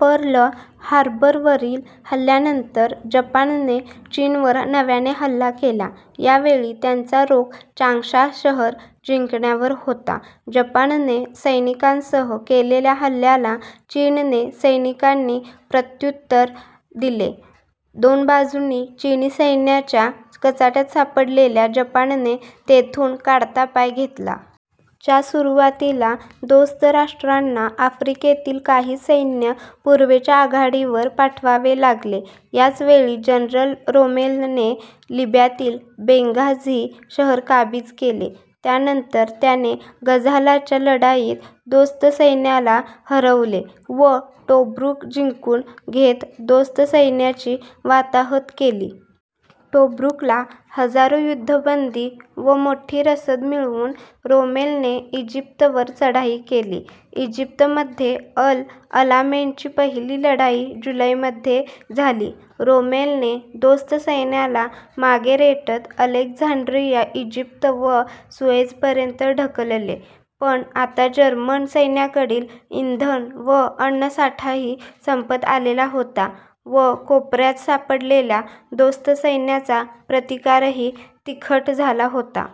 Perl हार्बरवरील हल्ल्यानंतर जपानने चीनवर नव्याने हल्ला केला. यावेळी त्यांचा रोख चांग्शा शहर जिंकण्यावर होता. जपानने सैनिकांसह केलेल्या हल्ल्याला चीनने सैनिकांनी प्रत्युत्तर दिले. दोन बाजूंनी चीनी सैन्याच्या कचाट्यात सापडलेल्या जपानने तेथून काढता पाय घेतला. च्या सुरुवातीला दोस्त राष्ट्रांना आफ्रिकेतील काही सैन्य पूर्वेच्या आघाडीवर पाठवावे लागले. याच वेळी जनरल रोमेलने लिब्यातील बेंगाझी शहर काबीज केले. त्यानंतर त्याने गझालाच्या लढाईत दोस्त सैन्याला हरवले व टोब्रुक जिंकून घेत दोस्त सैन्याची वाताहत केली. टोब्रुकला हजारो युद्धबंदी व मोठी रसद मिळवून रोमेलने इजिप्तवर चढाई केली. इजिप्तमध्ये अल अलामेनची पहिली लढाई जुलै मध्ये झाली. रोमेलने दोस्त सैन्याला मागे रेटत अलेक्झांड्रिया, इजिप्त व सुएझपर्यंत ढकलले पण आता जर्मन सैन्याकडील इंधन व अन्नसाठाही संपत आलेला होता व कोपऱ्यात सापडलेल्या दोस्त सैन्याचा प्रतिकारही तिखट झाला होता.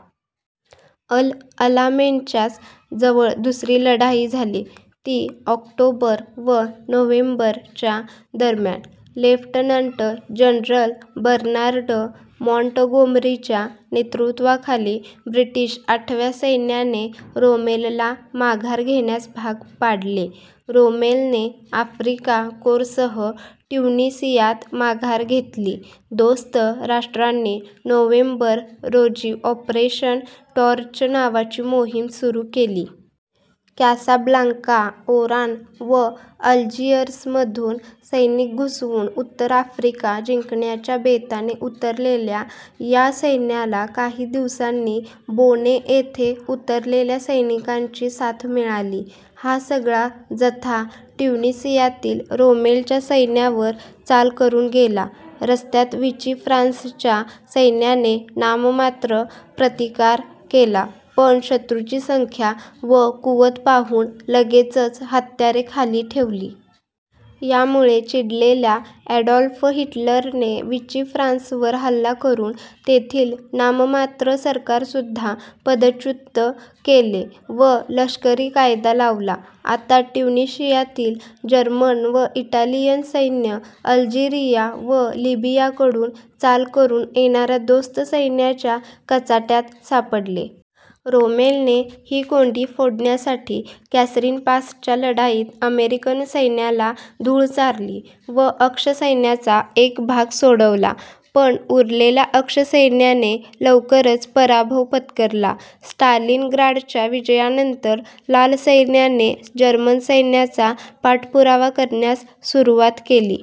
अल अलामेनच्याच जवळ दुसरी लढाई झाली ती ऑक्टोबर व नोव्हेंबर च्या दरम्यान. लेफ्टनंट जनरल बर्नार्ड मॉॅंटगोमरीच्या नेतृत्वाखाली ब्रिटिश आठव्या सैन्याने रोमेलला माघार घेण्यास भाग पाडले. रोमेलने आफ्रिका कोरसह ट्युनिसियात माघार घेतली दोस्त राष्ट्रांनी नोव्हेंबर, रोजी ऑपरेशन टॉर्च नावाची मोहीम सुरू केली. कॅसाब्लांका, ओरान व अल्जीयर्समधून सैनिक घुसवून उत्तर आफ्रिका जिंकण्याच्या बेताने उतरलेल्या या सैन्याला काही दिवसांनी बोने येथे उतरलेल्या सैनिकांची साथ मिळाली. हा सगळा जथा ट्युनिसियातील रोमेलच्या सैन्यावर चाल करून गेला. रस्त्यात विची फ्रान्सच्या सैन्याने नाममात्र प्रतिकार केला पण शत्रूची संख्या व कुवत पाहून लगेचच हत्यारे खाली ठेवली. यामुळे चिडलेल्या ॲडॉल्फ हिटलरने वीचि फ्रान्सवर हल्ला करून तेथील नाममात्र सरकारसुद्धा पदच्युत केले व लष्करी कायदा लावला. आता ट्यूनीशियातील जर्मन व इटालियन सैन्य अल्जीरिया व लीबियाकडून चाल करून येणाऱ्या दोस्त सैन्याच्या कचाट्यात सापडले. रोमेलने ही कोंडी फोडण्यासाठी कॅसरीन पासच्या लढाईत अमेरिकन सैन्याला धूळ चारली व अक्ष सैन्याचा एक भाग सोडवला. पण उरलेल्या अक्ष सैन्याने लवकरच पराभव पत्करला. स्टालिनग्राडच्या विजयानंतर लाल सैन्याने जर्मन सैन्याचा पाठपुरावा करण्यास सुरुवात केली.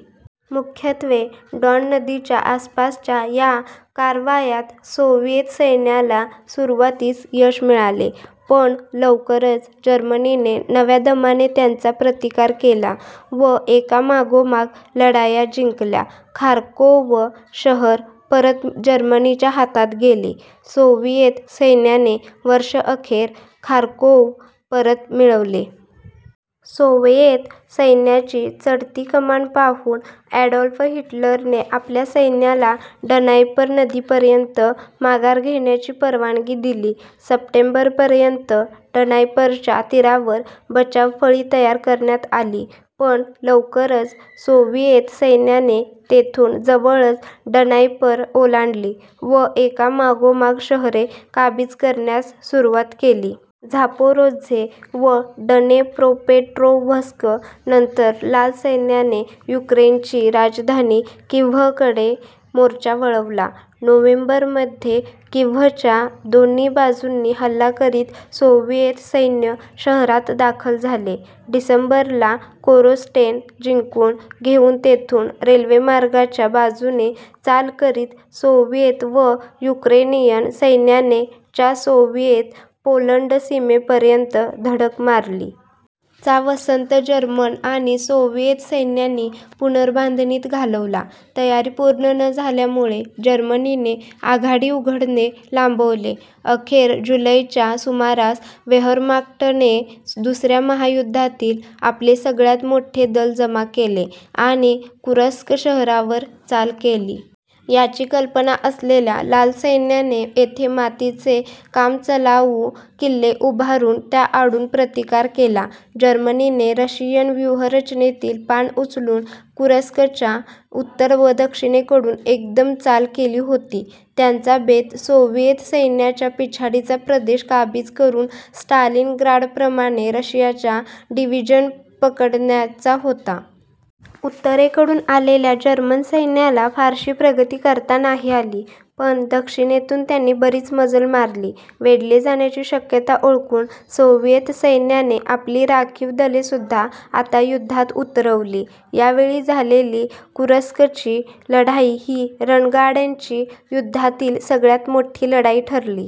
मुख्यत्वे डॉन नदीच्या आसपासच्या या कारवायात सोव्हिएत सैन्याला सुरुवातीस यश मिळाले पण लवकरच जर्मनीने नव्या दमाने त्यांचा प्रतिकार केला व एकामागोमाग लढाया जिंकल्या. खार्कोव्ह शहर परत जर्मनीच्या हातात गेले. सोव्हिएत सैन्याने वर्षअखेर खार्कोव्ह परत मिळवले. सोवयेत सैन्याची चढती कमान पाहून ॲडॉल्फ हिटलरने आपल्या सैन्याला ड्नाइपर नदीपर्यंत माघार घेण्याची परवानगी दिली. सप्टेंबरपर्यंत ड्नाइपरच्या तीरावर बचावफळी तयार करण्यात आली पण लवकरच सोव्हिएत सैन्याने तेथून जवळच ड्नाइपर ओलांडली व एकामागोमाग शहरे काबीज करण्यास सुरुवात केली. झापोरोझ्ये व ड्नेप्रोपेट्रोव्ह्स्क नंतर लाल सैन्याने युक्रेनची राजधानी क्यीव्हकडे मोर्चा वळवला. नोव्हेंबरमध्ये क्यीव्हच्या दोन्ही बाजूंनी हल्ला करीत सोव्हिएत सैन्य शहरात दाखल झाले. डिसेंबर ला कोरोस्टेन जिंकून घेउन तेथून रेल्वेमार्गाच्या बाजूने चाल करीत सोव्हिएत व युक्रेनियन सैन्याने च्या सोव्हिएत- पोलंड सीमेपर्यंत धडक मारली. चा वसंत जर्मन आणि सोव्हिएत सैन्यांनी पुनर्बांधणीत घालवला. तयारी पूर्ण न झाल्यामुळे जर्मनीने आघाडी उघडणे लांबवले. अखेर जुलै च्या सुमारास वेह्रमाख्टने दुसऱ्या महायुद्धातील आपले सगळ्यात मोठे दल जमा केले आणि कुर्स्क शहरावर चाल केली. याची कल्पना असलेल्या लाल सैन्याने येथे मातीचे कामचलाउ किल्ले उभारून त्याआडून प्रतिकार केला. जर्मनीने रशियन व्यूहरचनेतील पान उचलून कुर्स्कच्या उत्तर व दक्षिणेकडून एकदम चाल केली होती. त्यांचा बेत सोव्हिएत सैन्याच्या पिछाडीचा प्रदेश काबीज करून स्टालिनग्राडप्रमाणे रशियाच्या डिव्हिजन पकडण्याचा होता. उत्तरेकडून आलेल्या जर्मन सैन्याला फारशी प्रगती करता नाही आली पण दक्षिणेतून त्यांनी बरीच मजल मारली. वेढले जाण्याची शक्यता ओळखून सोव्हिएत सैन्याने आपली राखीव दलेसुद्धा आता युद्धात उतरवली. यावेळी झालेली कुर्स्कची लढाई ही रणगाड्यांची युद्धातील सगळ्यात मोठी लढाई ठरली.